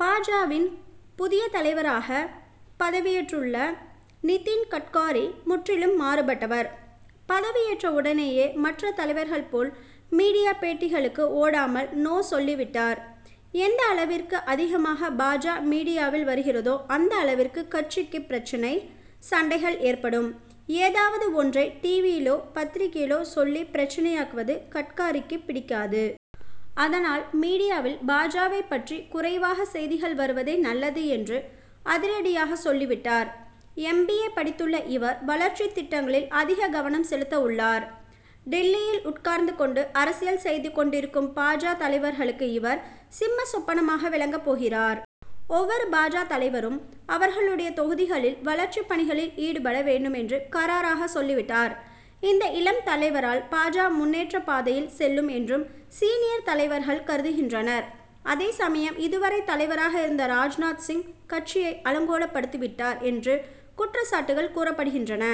பா. ஜ.,வின் புதிய தலைவராக பதவியேற்றுள்ள நிதின் கட்காரி, முற்றிலும் மாறுபட்டவர். பதவியேற்ற உடனேயே, மற்ற தலைவர்கள் போல, மீடியா பேட்டிகளுக்கு ஓடாமல், நோ சொல்லிவிட்டார். எந்த அளவிற்கு அதிகமாக பா. ஜ., மீடியாவில் வருகிதோ, அந்த அளவிற்கு கட்சிக்கு பிரச்னை, சண்டைகள் ஏற்படும். ஏதாவது ஒன்றை, டிவியிலோ, பத்திரிகையிலோ சொல்லி பிரச்னையாக்குவது, கட்காரிக்கு பிடிக்காது. அதனால் மீடியாவில், பா. ஜ.,வைப் பற்றி குறைவாக செய்திகள் வருவதே நல்லது என்று அதிரடியாக சொல்லிவிட்டார். எம். பி. ஏ., படித்துள்ள இவர், வளர்ச்சித் திட்டங்களில் அதிக கவனம் செலுத்த உள்ளார். டில்லியில் உட்கார்ந்து கொண்டு அரசியல் செய்து கொண்டிருக்கும் பா. ஜ., தலைவர்களுக்கு இவர், சிம்ம சொப்பனமாக விளங்கப் போகிறார். ஒவ்வொரு பா. ஜ., தலைவரும், அவர்களுடைய தொகுதிகளில், வளர்ச்சிப் பணிகளில் ஈடுபட வேண்டும் என்று கறாராக சொல்லிவிட்டார். இந்த இளம் தலைவரால், பா. ஜ., முன்னேற்றப் பாதையில் செல்லும் என்று, சீனியர் தலைவர்கள் கருதுகின்றனர். அதே சமயம், இதுவரை தலைவராக இருந்த ராஜ்நாத் சிங், கட்சியை அலங்கோலப்படுத்தி விட்டார் என்று குற்றச்சாட்டுகள் கூறப்படுகின்றன.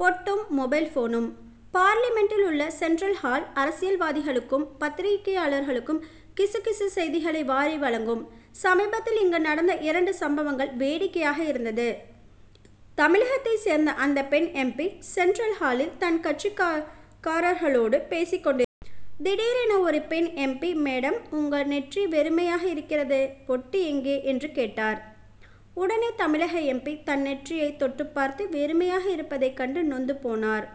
பொட்டும் மொபைல் போனும்: பார்லிமென்டில் உள்ள சென்ட்ரல் ஹால், அரசியல்வாதிகளுக்கும், பத்திரிகையாளர்களுக்கும், கிசு கிசு செய்திகளை வாரி வழங்கும். சமீபத்தில் இங்கு நடந்த இரண்டு சம்பவங்கள், வேடிக்கையாக இருந்தன. தமிழகத்தைச் சேர்ந்த அந்த பெண் எம். பி., சென்ட்ரல் ஹாலில், தன் கட்சிக்கார் காரர்களோடு பேசிக் கொண்டிருந்தார். திடீரென ஒரு பெண் எம். பி., மேடம்உங்க நெற்றி வெறுமையாக இருக்கிறதேபொட்டு எங்கே? என்று கேட்டார். உடனே தமிழக எம். பி., தன் நெற்றியைத் தொட்டு பார்த்து, வெறுமையாக இருப்பதைக் கண்டு நொந்து போனார்.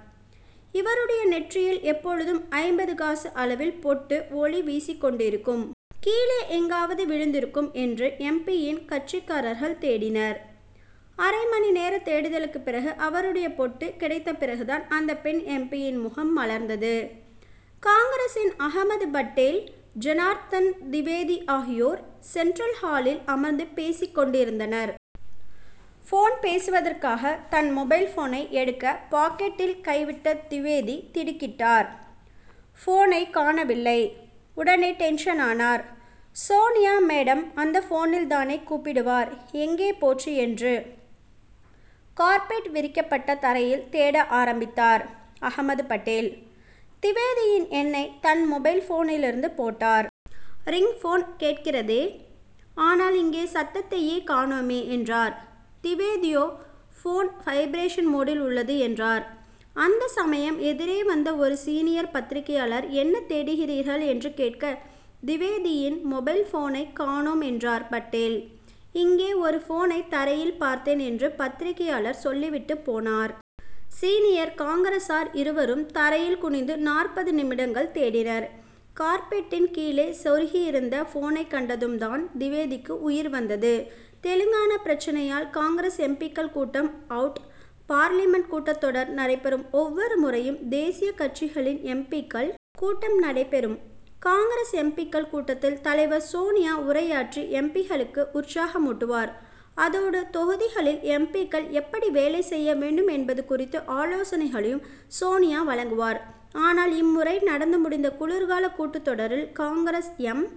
இவருடைய நெற்றியில் எப்போதும், ஐம்பது காசு அளவில் பொட்டு, ஒளி வீசிக் கொண்டிருக்கும். கீழே எங்காவது விழுந்திருக்கும் என்று, எம். பி.,யின் கட்சிக்காரர்கள் தேடினர். அரை மணி நேர தேடுதலுக்குப் பிறகு, அவருடைய பொட்டு கிடைத்த பிறகு தான், அந்த பெண் எம். பி.,யின் முகம் மலர்ந்தது. காங்கிரசின் அகமது பட்டேல், ஜனார்த்தன் திவேதி ஆகியோர், சென்ட்ரல் ஹாலில் அமர்ந்து பேசிக் கொண்டிருந்தனர். போன் பேசுவதற்காக, தன் மொபைல் போனை எடுக்க பாக்கெட்டில் கை விட்ட திவேதி, திடுக்கிட்டார். போனைக் காணவில்லை. உடனே டென்ஷன் ஆனார். சோனியா மேடம் அந்த போனில் தானே கூப்பிடுவார்எங்கே போச்சு என்று, கார்பெட் விரிக்கப்பட்ட தரையில் தேட ஆரம்பித்தார். அகமது பட்டேல், திவேதியின் எண்ணை தன் மொபைல் போனிலிருந்து போட்டார். ரிங் போன் கேட்கிறதேஆனால் இங்கே சத்தத்தையே காணோமே என்றார். திவேதியோ போன் வைப்ரேஷன் மோடில் உள்ளது என்றார். அந்த சமயம் எதிரே வந்த ஒரு சீனியர் பத்திரிகையாளர், என்ன தேடுகிறீர்கள்' என்று கேட்க, திவேதியின் மொபைல் போனைக் காணோம் என்றார் பட்டேல். இங்கே ஒரு போனை தரையில் பார்த்தேன் என்று பத்திரிகையாளர் சொல்லிவிட்டுப் போனார். சீனியர் காங்கிரசார் இருவரும், தரையில் குனிந்து நாற்பது நிமிடங்கள் தேடினர். கார்பெட்டின் கீழே செருகியிருந்த போனைக் கண்டதும் தான், திவேதிக்கு உயிர் வந்தது. தெலுங்கானா பிரச்னையால் காங்., எம். பி.,க்கள் கூட்டம் அவுட்: பார்லிமென்ட் கூட்டத்தொடர் நடைபெறும் ஒவ்வொரு முறையும், தேசிய கட்சிகளின் எம். பி.,க்கள் கூட்டம் நடைபெறும். காங்கிரஸ் எம். பி.,க்கள் கூட்டத்தில் தலைவர் சோனியா உரையாற்றி, எம். பி.,க்களுக்கு உற்சாகமூட்டுவார். அதோடு, தொகுதிகளில், எம். பி.,க்கள் எப்படி வேலை செய்ய வேண்டும் என்பது குறித்து, ஆலோசனைகளையும் சோனியா வழங்குவார். ஆனால், இம்முறை நடந்து முடிந்த குளிர்கால கூட்டத்தொடரில், காங்கிரஸ் எம்.